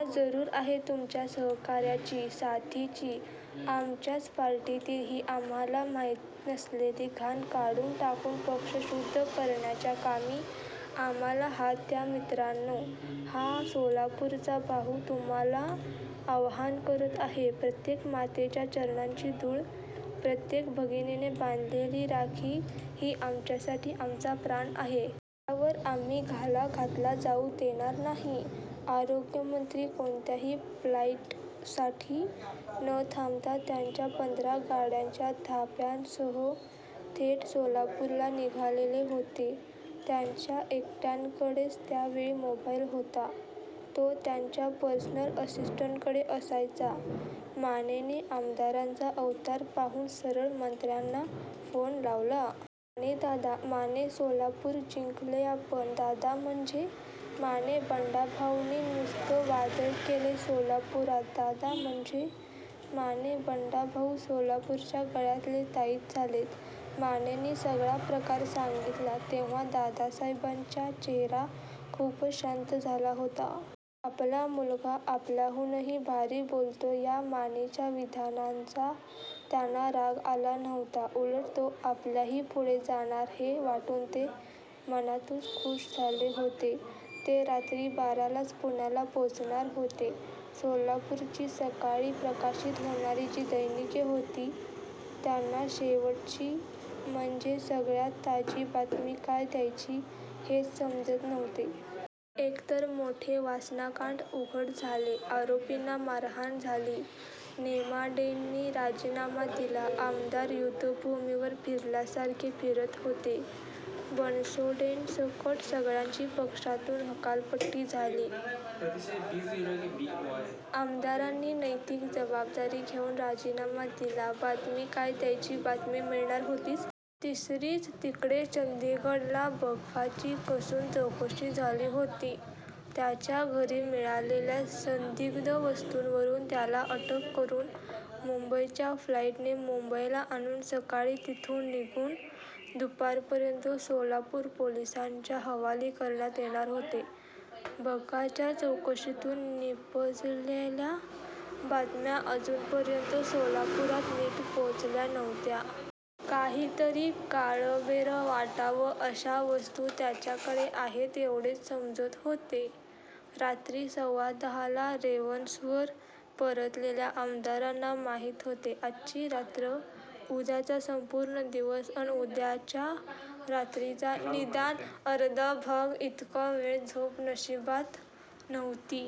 मला जरूर आहे तुमच्या सहकार्याची, साथीची! आमच्याच पार्टीतील ही आम्हाला माहीत नसलेली घाण काढून टाकून पक्ष शुद्ध करण्याच्या कामी आम्हाला हात द्या मित्रांनो! हा सोलापूरचा भाऊ तुम्हाला आवाहन करत आहे. प्रत्येक मातेच्या चरणांची धूळ, प्रत्येक भगिनीने बांधलेली राखी ही आमच्यासाठी आमचा प्राण आहे. त्यावर आम्ही घाला घातला जाऊ देणार नाही... आरोग्यमंत्री कोणत्याही फ़्लाईटसाठी न थांबता त्यांच्या पंधरा गाड्यांच्या ताफ़्यासह थेट सोलापूरला निघालेले होते. त्यांच्या एकट्य़ाकडेच त्या वेळी मोबाईल होता. तो त्यांच्या पर्सनल असिस्टंटकडे असायचा. मानेने आमदारांचा अवतार पाहून सरळ मंत्र्यांना फ़ोन लावला. माने दादा, माने सोलापूर जिंकलंय आपण.. दादा म्हणजे? माने बंडाभाऊंनी नुसतं वादळ केलय सोलापुरात दादा म्हणजे?? माने बंडाभाऊ सोलापुरच्या गळ्यातले ताईत झालेत. मानेंनी सगळा प्रकार सांगीतला तेव्हा दादासाहेबांच्या चेहरा खूपच शांत झाला होता. आपला मुलगा आपल्याहूनही भारी बोलतो या मानेच्या विधानाचा त्यांना राग आला नव्हता. उलट तो आपल्याही पुढे जाणार हे वाटून ते मनातच खुष झाले होते. ते रात्री बारालाच पुण्याला पोचणार होते. सोलापूरची सकाळी प्रकाशित होणारी जी दैनिके होती त्यांना शेवटची, म्हणजे सगळ्यात ताजी बातमी काय द्यायची हेच समजत नव्हते. एकतर मोठे वासनाकांड उघड झाले. आरोपींना मारहाण झाली. नेमाडेंनी राजीनामा दिला. आमदार युद्धभूमीवर फ़िरल्यासारखे फ़िरत होते. बनसोडेंसकट सगळ्यांची पक्षातून हकालपट्टी झाली. आमदारांनी नैतिक जबाबदारी घेऊन राजीनामा दिला. बातमी काय द्यायची? बातमी मिळणार होतीच. तिसरीच! तिकडे चंदीगडला बग्गाची कसून चौकशी झाली होती. त्याच्या घरी मिळालेल्या संदिग्ध वस्तूंवरून त्याला अटक करून मुंबईच्या फ़्लाईटने मुंबईला आणून सकाळी तिथून निघून दुपारपर्यंत सोलापूर पोलिसांच्या हवाली करण्यात येणार होते. बग्गाच्या चौकशीतून निपजलेल्या बातम्या अजूनपर्यंत सोलापुरात नीट पोचल्या नव्हत्या. काहीतरी काळबेरं वाटावं अशा वस्तू त्याच्याकडे आहेत एवढेच समजत होते. रात्री सव्वा दहाला रेव्हन्सवर परतलेल्या आमदारांना माहीत होते. आजची रात्र, उद्याचा संपूर्ण दिवस अन उद्याच्या रात्रीचा निदान अर्धा भाग, इतका वेळ झोप नशीबात नव्हती.